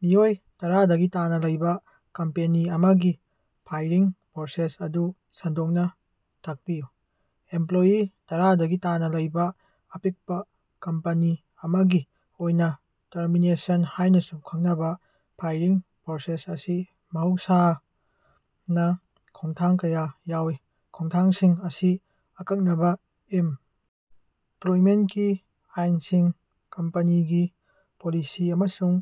ꯃꯤꯑꯣꯏ ꯇꯔꯥꯗꯒꯤ ꯇꯥꯅꯥ ꯂꯩꯕꯥ ꯀꯝꯄꯦꯅꯤ ꯑꯃꯒꯤ ꯐꯥꯏꯔꯤꯡ ꯄ꯭ꯔꯣꯁꯦꯁ ꯑꯗꯨ ꯁꯟꯗꯣꯛꯅꯥ ꯇꯥꯛꯄꯤꯌꯨ꯫ ꯑꯦꯝꯄ꯭ꯂꯣꯌꯤ ꯇꯔꯥꯗꯒꯤ ꯇꯥꯅꯥ ꯂꯩꯕꯥ ꯑꯄꯤꯛꯄꯥ ꯀꯝꯄꯅꯤ ꯑꯃꯒꯤ ꯑꯣꯏꯅꯥ ꯇꯔꯃꯤꯅꯦꯁꯟ ꯍꯥꯏꯅꯥꯁꯨ ꯈꯪꯅꯕꯥ ꯐꯥꯏꯔꯤꯡ ꯄ꯭ꯔꯣꯁꯦꯁ ꯑꯁꯤ ꯃꯍꯧꯁꯥꯅꯥ ꯈꯣꯡꯊꯥꯡ ꯀꯌꯥ ꯌꯥꯎꯏ꯫ ꯈꯣꯡꯊꯥꯡꯁꯤꯡ ꯑꯁꯤ ꯑꯀꯛꯅꯕꯥ ꯏꯝ ꯄ꯭ꯂꯣꯏꯃꯦꯟꯇꯀꯤ ꯑꯥꯏꯟꯁꯤꯡ, ꯀꯝꯄꯅꯤꯒꯤ ꯄꯣꯂꯤꯁꯤ ꯑꯃꯁꯨꯡ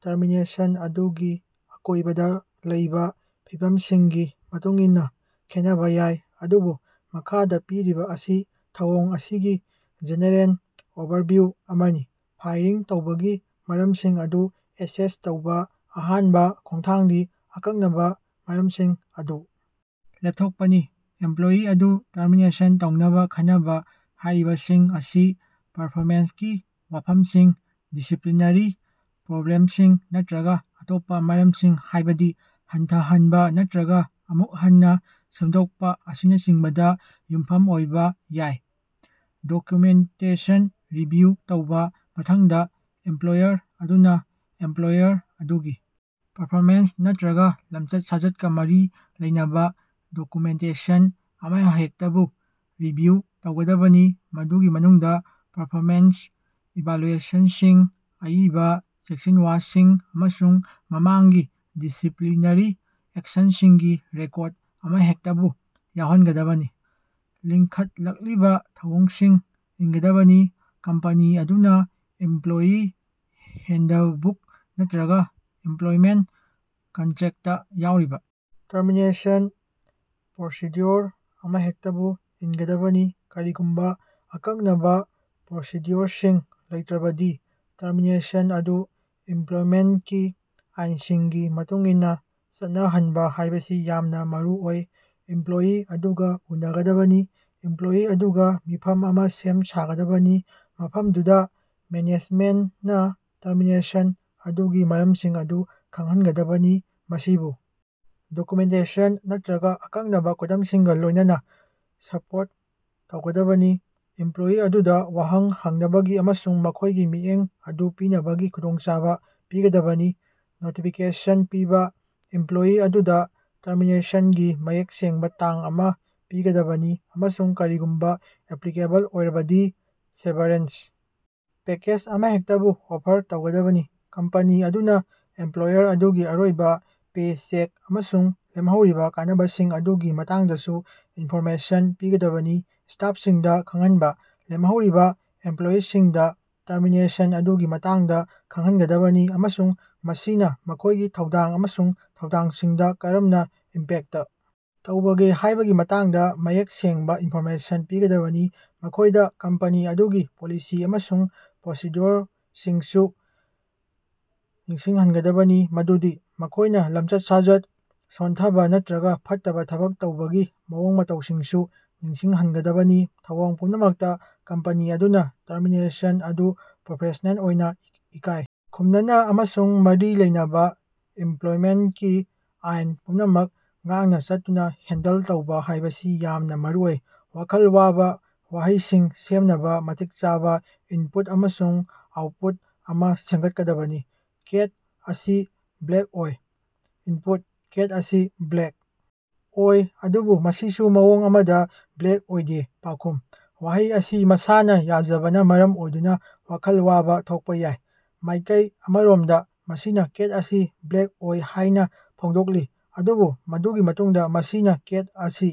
ꯇꯔꯃꯤꯅꯦꯁꯟ ꯑꯗꯨꯒꯤ ꯑꯀꯣꯏꯕꯗꯥ ꯂꯩꯕꯥ ꯐꯤꯚꯝꯁꯤꯡꯒꯤ ꯃꯇꯨꯡꯏꯟꯅꯥ ꯈꯦꯠꯅꯕꯥ ꯌꯥꯏ, ꯑꯗꯨꯕꯨ ꯃꯈꯥꯗꯥ ꯄꯤꯔꯤꯕꯥ ꯑꯁꯤ ꯊꯧꯑꯣꯡ ꯑꯁꯤꯒꯤ ꯖꯦꯅꯦꯔꯦꯜ ꯑꯣꯚꯔꯚꯤꯌꯨ ꯑꯃꯅꯤ: ꯐꯥꯏꯔꯤꯡ ꯇꯧꯕꯒꯤ ꯃꯔꯝꯁꯤꯡ ꯑꯗꯨ ꯑꯦꯁꯦꯁ ꯇꯧꯕꯥ: ꯑꯍꯥꯟꯕꯥ ꯈꯣꯡꯊꯥꯡꯗꯤ ꯑꯀꯛꯅꯕꯥ ꯃꯔꯝꯁꯤꯡ ꯑꯗꯨ ꯂꯦꯞꯊꯣꯛꯄꯅꯤ꯫ ꯏꯝꯄ꯭ꯂꯣꯌꯤ ꯑꯗꯨ ꯇꯔꯃꯤꯅꯦꯁꯟ ꯇꯧꯅꯕꯥ ꯈꯟꯅꯕ, ꯍꯥꯏꯔꯤꯕꯁꯤꯡ ꯑꯁꯤ ꯄꯔꯐꯣꯃꯦꯟꯁꯀꯤ ꯋꯥꯐꯝꯁꯤꯡ, ꯗꯤꯁꯤꯄ꯭ꯂꯤꯅꯔꯤ ꯄ꯭ꯔꯣꯕ꯭ꯂꯦꯝꯁꯤꯡ ꯅꯠꯇ꯭ꯔꯒꯥ ꯑꯇꯣꯞꯄꯥ ꯃꯔꯝꯁꯤꯡ ꯍꯥꯏꯕꯗꯤ ꯍꯟꯊꯍꯟꯕꯥ ꯅꯠꯇ꯭ꯔꯒꯥ ꯑꯃꯨꯛ ꯍꯟꯅꯥ ꯁꯦꯝꯗꯣꯛꯄꯥ ꯑꯁꯤꯅꯆꯤꯡꯕꯗꯥ ꯌꯨꯝꯐꯝ ꯑꯣꯏꯕꯥ ꯌꯥꯏ꯫ ꯗꯣꯀ꯭ꯌꯨꯃꯦꯟꯇꯦꯁꯟ ꯔꯤꯚꯤꯌꯨ ꯇꯧꯕꯥ: ꯃꯊꯪꯗꯥ, ꯏꯝꯄ꯭ꯂꯣꯌꯔ ꯑꯗꯨꯅꯥ ꯑꯦꯝꯄ꯭ꯂꯣꯌꯔ ꯑꯗꯨꯒꯤ ꯄꯔꯐꯣꯃꯦꯟꯁ ꯅꯠꯇ꯭ꯔꯒꯥ ꯂꯝꯆꯠ-ꯁꯥꯖꯠꯀꯥ ꯃꯔꯤ ꯂꯩꯅꯕꯥ ꯗꯣꯀ꯭ꯌꯨꯃꯦꯟꯇꯦꯁꯟ ꯑꯃꯍꯦꯛꯇꯕꯨ ꯔꯤꯚꯤꯌꯨ ꯇꯧꯒꯗꯕꯅꯤ, ꯃꯗꯨꯒꯤ ꯃꯅꯨꯡꯗꯥ ꯄꯔꯐꯣꯃꯦꯟꯁ ꯏꯚꯥꯜꯂꯨꯑꯦꯁꯟꯁꯤꯡ, ꯑꯏꯕꯥ ꯆꯦꯛꯁꯤꯟꯋꯥꯁꯤꯡ ꯑꯃꯁꯨꯡ ꯃꯃꯥꯡꯒꯤ ꯗꯤꯁꯤꯄ꯭ꯂꯤꯅꯔꯤ ꯑꯦꯛꯁꯟꯁꯤꯡꯒꯤ ꯔꯦꯀꯣꯔꯗ ꯑꯃꯍꯦꯛꯇꯕꯨ ꯌꯥꯎꯍꯟꯒꯗꯕꯅꯤ꯫ ꯂꯤꯡꯈꯠꯂꯛꯂꯤꯕꯥ ꯊꯧꯑꯣꯡꯁꯤꯡ ꯏꯟꯒꯗꯕꯅꯤ: ꯀꯝꯄꯅꯤ ꯑꯗꯨꯅꯥ ꯏꯝꯄ꯭ꯂꯣꯌꯤ ꯍꯦꯟꯗꯕꯨꯛ ꯅꯠꯇ꯭ꯔꯒꯥ ꯏꯝꯄ꯭ꯂꯣꯏꯃꯦꯟꯇ ꯀꯟꯇ꯭ꯔꯦꯛꯇꯥ ꯌꯥꯎꯔꯤꯕꯥ ꯇꯔꯃꯤꯅꯦꯁꯟ ꯄ꯭ꯔꯣꯁꯤꯗ꯭ꯌꯨꯑꯣꯔ ꯑꯃꯍꯦꯛꯇꯕꯨ ꯏꯟꯒꯗꯕꯅꯤ꯫ ꯀꯔꯤꯒꯨꯝꯕꯥ ꯑꯀꯛꯅꯕꯥ ꯄ꯭ꯔꯣꯁꯤꯗ꯭ꯌꯨꯑꯣꯔꯁꯤꯡ ꯂꯩꯇ꯭ꯔꯕꯗꯤ, ꯇꯔꯃꯤꯅꯦꯁꯟ ꯑꯗꯨ ꯏꯝꯄ꯭ꯂꯣꯏꯃꯦꯟꯇꯀꯤ ꯑꯥꯏꯟꯁꯤꯡꯒꯤ ꯃꯇꯨꯡꯏꯟꯅꯥ ꯆꯠꯅꯍꯟꯕꯥ ꯍꯥꯏꯕꯁꯤ ꯌꯥꯝꯅꯥ ꯃꯔꯨꯑꯣꯏ꯫ ꯏꯝꯄ꯭ꯂꯣꯌꯤ ꯑꯗꯨꯒꯥ ꯎꯅꯒꯗꯕꯅꯤ: ꯏꯝꯄ꯭ꯂꯣꯌꯤ ꯑꯗꯨꯒꯥ ꯃꯤꯐꯝ ꯑꯃꯥ ꯁꯦꯝ-ꯁꯥꯒꯗꯕꯅꯤ, ꯃꯐꯝꯗꯨꯗꯥ ꯃꯦꯅꯦꯖꯃꯦꯟꯇꯅꯥ ꯇꯔꯃꯤꯅꯦꯁꯟ ꯑꯗꯨꯒꯤ ꯃꯔꯝꯁꯤꯡ ꯑꯗꯨ ꯈꯪꯍꯟꯒꯗꯕꯅꯤ, ꯃꯁꯤꯕꯨ ꯗꯣꯀ꯭ꯌꯨꯃꯦꯟꯇꯦꯁꯟ ꯅꯠꯇ꯭ꯔꯒꯥ ꯑꯀꯛꯅꯕꯥ ꯈꯨꯗꯝꯁꯤꯡꯒꯥ ꯂꯣꯏꯅꯅꯥ ꯁꯄꯣꯔꯠ ꯇꯧꯒꯗꯕꯅꯤ꯫ ꯏꯝꯄ꯭ꯂꯣꯌꯤ ꯑꯗꯨꯗꯥ ꯋꯥꯍꯪ ꯍꯪꯅꯕꯒꯤ ꯑꯃꯁꯨꯡ ꯃꯈꯣꯏꯒꯤ ꯃꯤꯠꯌꯦꯡ ꯑꯗꯨ ꯄꯤꯅꯕꯒꯤ ꯈꯨꯗꯣꯡꯆꯥꯕꯥ ꯄꯤꯒꯗꯕꯅꯤ꯫ ꯅꯣꯇꯤꯐꯤꯀꯦꯁꯟ ꯄꯤꯕꯥ: ꯏꯝꯄ꯭ꯂꯣꯌꯤ ꯑꯗꯨꯗꯥ ꯇꯔꯃꯤꯅꯦꯁꯟꯒꯤ ꯃꯌꯦꯛ ꯁꯦꯡꯕꯥ ꯇꯥꯡ ꯑꯃꯥ ꯄꯤꯒꯗꯕꯅꯤ ꯑꯃꯁꯨꯡ ꯀꯔꯤꯒꯨꯝꯕꯥ ꯑꯦꯄ꯭ꯂꯤꯀꯦꯕꯜ ꯑꯣꯏꯔꯕꯗꯤ, ꯁꯦꯚꯔꯦꯟꯁ ꯄꯦꯀꯦꯖ ꯑꯃꯍꯦꯛꯇꯕꯨ ꯑꯣꯐꯔ ꯇꯧꯒꯗꯕꯅꯤ꯫ ꯀꯝꯄꯅꯤ ꯑꯗꯨꯅꯥ ꯑꯦꯝꯄ꯭ꯂꯣꯌꯔ ꯑꯗꯨꯒꯤ ꯑꯔꯣꯏꯕꯥ ꯄꯦ-ꯆꯦꯛ ꯑꯃꯁꯨꯡ ꯂꯦꯝꯍꯧꯔꯤꯕꯥ ꯀꯥꯟꯅꯕꯁꯤꯡ ꯑꯗꯨꯒꯤ ꯃꯇꯥꯡꯗꯁꯨ ꯏꯟꯐꯣꯔꯃꯦꯁꯟ ꯄꯤꯒꯗꯕꯅꯤ꯫ ꯁ꯭ꯇꯥꯐꯁꯤꯡꯗꯥ ꯈꯪꯍꯟꯕꯥ: ꯂꯦꯝꯍꯧꯔꯤꯕꯥ ꯏꯝꯄ꯭ꯂꯣꯌꯤꯁꯤꯡꯗꯥ ꯇꯔꯃꯤꯅꯦꯁꯟ ꯑꯗꯨꯒꯤ ꯃꯇꯥꯡꯗꯥ ꯈꯪꯍꯟꯒꯗꯕꯅꯤ ꯑꯃꯁꯨꯡ ꯃꯁꯤꯅꯥ ꯃꯈꯣꯏꯒꯤ ꯊꯧꯗꯥꯡ ꯑꯃꯁꯨꯡ ꯊꯧꯗꯥꯡꯁꯤꯡꯗꯥ ꯀꯔꯝꯅꯥ ꯏꯝꯄꯦꯛꯇ ꯇꯧꯕꯒꯦ ꯍꯥꯏꯕꯒꯤ ꯃꯇꯥꯡꯗꯥ ꯃꯌꯦꯛ ꯁꯦꯡꯕꯥ ꯏꯟꯐꯣꯔꯃꯦꯁꯟ ꯄꯤꯒꯗꯕꯅꯤ꯫ ꯃꯈꯣꯏꯗꯥ ꯀꯝꯄꯅꯤ ꯑꯗꯨꯒꯤ ꯄꯣꯂꯤꯁꯤ ꯑꯃꯁꯨꯡ ꯄ꯭ꯔꯣꯁꯤꯗ꯭ꯌꯨꯑꯣꯔꯁꯤꯡꯁꯨ ꯅꯤꯡꯁꯤꯡꯍꯟꯒꯗꯕꯅꯤ ꯃꯗꯨꯗꯤ ꯃꯈꯣꯏꯅꯥ ꯂꯃꯆꯠ-ꯁꯥꯖꯠ ꯁꯣꯟꯊꯕꯥ ꯅꯠꯇ꯭ꯔꯒꯥ ꯐꯠꯇꯕꯥ ꯊꯕꯛ ꯇꯧꯕꯒꯤ ꯃꯑꯣꯡ-ꯃꯇꯧꯁꯤꯡꯁꯨ ꯅꯤꯡꯁꯤꯡꯍꯟꯒꯗꯕꯅꯤ꯫ ꯊꯧꯑꯣꯡ ꯄꯨꯝꯅꯃꯛꯇꯥ, ꯀꯝꯄꯅꯤ ꯑꯗꯨꯅꯥ ꯇꯔꯃꯤꯅꯦꯁꯟ ꯑꯗꯨ ꯄ꯭ꯔꯣꯐꯦꯁꯅꯦꯜ ꯑꯣꯏꯅꯥ, ꯏꯀꯥꯏ ꯈꯨꯝꯅꯅꯥ ꯑꯃꯁꯨꯡ ꯃꯔꯤ ꯂꯩꯅꯕꯥ ꯏꯝꯄ꯭ꯂꯣꯏꯃꯦꯟꯇꯀꯤ ꯑꯥꯏꯟ ꯄꯨꯝꯅꯃꯛ ꯉꯥꯛꯅꯥ ꯆꯠꯇꯨꯅꯥ ꯍꯦꯟꯗꯜ ꯇꯧꯕꯥ ꯍꯥꯏꯕꯁꯤ ꯌꯥꯝꯅꯥ ꯃꯔꯨꯑꯣꯏ꯫ ꯋꯥꯈꯜ ꯋꯥꯕꯥ ꯋꯥꯍꯩꯁꯤꯡ ꯁꯦꯝꯅꯕꯥ ꯃꯇꯤꯛ ꯆꯥꯕꯥ ꯏꯟꯄꯨꯠ ꯑꯃꯁꯨꯡ ꯑꯥꯎꯠꯄꯨꯠ ꯑꯃꯥ ꯁꯦꯃꯒꯠꯀꯗꯕꯅꯤ꯫ ꯀꯦꯠ ꯑꯁꯤ ꯕ꯭ꯂꯦꯛ ꯑꯣꯏ꯫ ꯏꯟꯄꯨꯠ: ꯀꯦꯠ ꯑꯁꯤ ꯕ꯭ꯂꯦꯛ ꯑꯣꯏ ꯑꯗꯨꯕꯨ ꯃꯁꯤꯁꯨ ꯃꯑꯣꯡ ꯑꯃꯗꯥ ꯕ꯭ꯂꯦꯛ ꯑꯣꯏꯗꯦ ꯄꯥꯎꯈꯨꯝ: ꯋꯥꯍꯩ ꯑꯁꯤ ꯃꯁꯥꯅꯥ ꯌꯥꯖꯕꯅꯥ ꯃꯔꯝ ꯑꯣꯏꯗꯨꯅꯥ ꯋꯥꯈꯜ ꯋꯥꯕꯥ ꯊꯣꯛꯄꯥ ꯌꯥꯏ꯫ ꯃꯥꯌꯀꯩ ꯑꯃꯔꯣꯃꯗꯥ, ꯃꯁꯤꯅꯥ ꯀꯦꯠ ꯑꯁꯤ ꯕ꯭ꯂꯦꯛ ꯑꯣꯏ ꯍꯥꯏꯅꯥ ꯐꯣꯡꯗꯣꯛꯂꯤ, ꯑꯗꯨꯕꯨ ꯃꯗꯨꯒꯤ ꯃꯇꯨꯡꯗꯥ ꯃꯁꯤꯅꯥ ꯀꯦꯠ ꯑꯁꯤ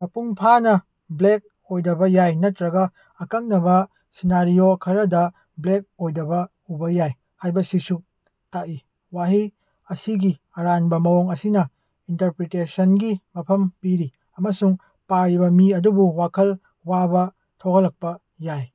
ꯃꯄꯨꯡ ꯐꯥꯅꯥ ꯕ꯭ꯂꯦꯛ ꯑꯣꯏꯗꯕꯥ ꯌꯥꯏ ꯅꯠꯇ꯭ꯔꯒꯥ ꯑꯀꯛꯅꯕꯥ ꯁꯤꯅꯥꯔꯤꯑꯣ ꯈꯔꯗꯥ ꯕ꯭ꯂꯦꯛ ꯑꯣꯏꯗꯕꯥ ꯎꯕꯥ ꯌꯥꯏ ꯍꯥꯏꯕꯁꯤꯁꯨ ꯇꯥꯛꯏ꯫ ꯋꯥꯍꯩ ꯑꯁꯤꯒꯤ ꯑꯔꯥꯟꯕꯥ ꯃꯑꯣꯡ ꯑꯁꯤꯅꯥ ꯏꯟꯇꯔꯄ꯭ꯔꯤꯇꯦꯁꯟꯒꯤ ꯃꯐꯝ ꯄꯤꯔꯤ ꯑꯃꯁꯨꯡ ꯄꯥꯔꯤꯕꯥ ꯃꯤ ꯑꯗꯨꯕꯨ ꯋꯥꯈꯜ ꯋꯥꯕꯥ ꯊꯣꯛꯍꯜꯂꯛꯄꯥ ꯌꯥꯏ꯫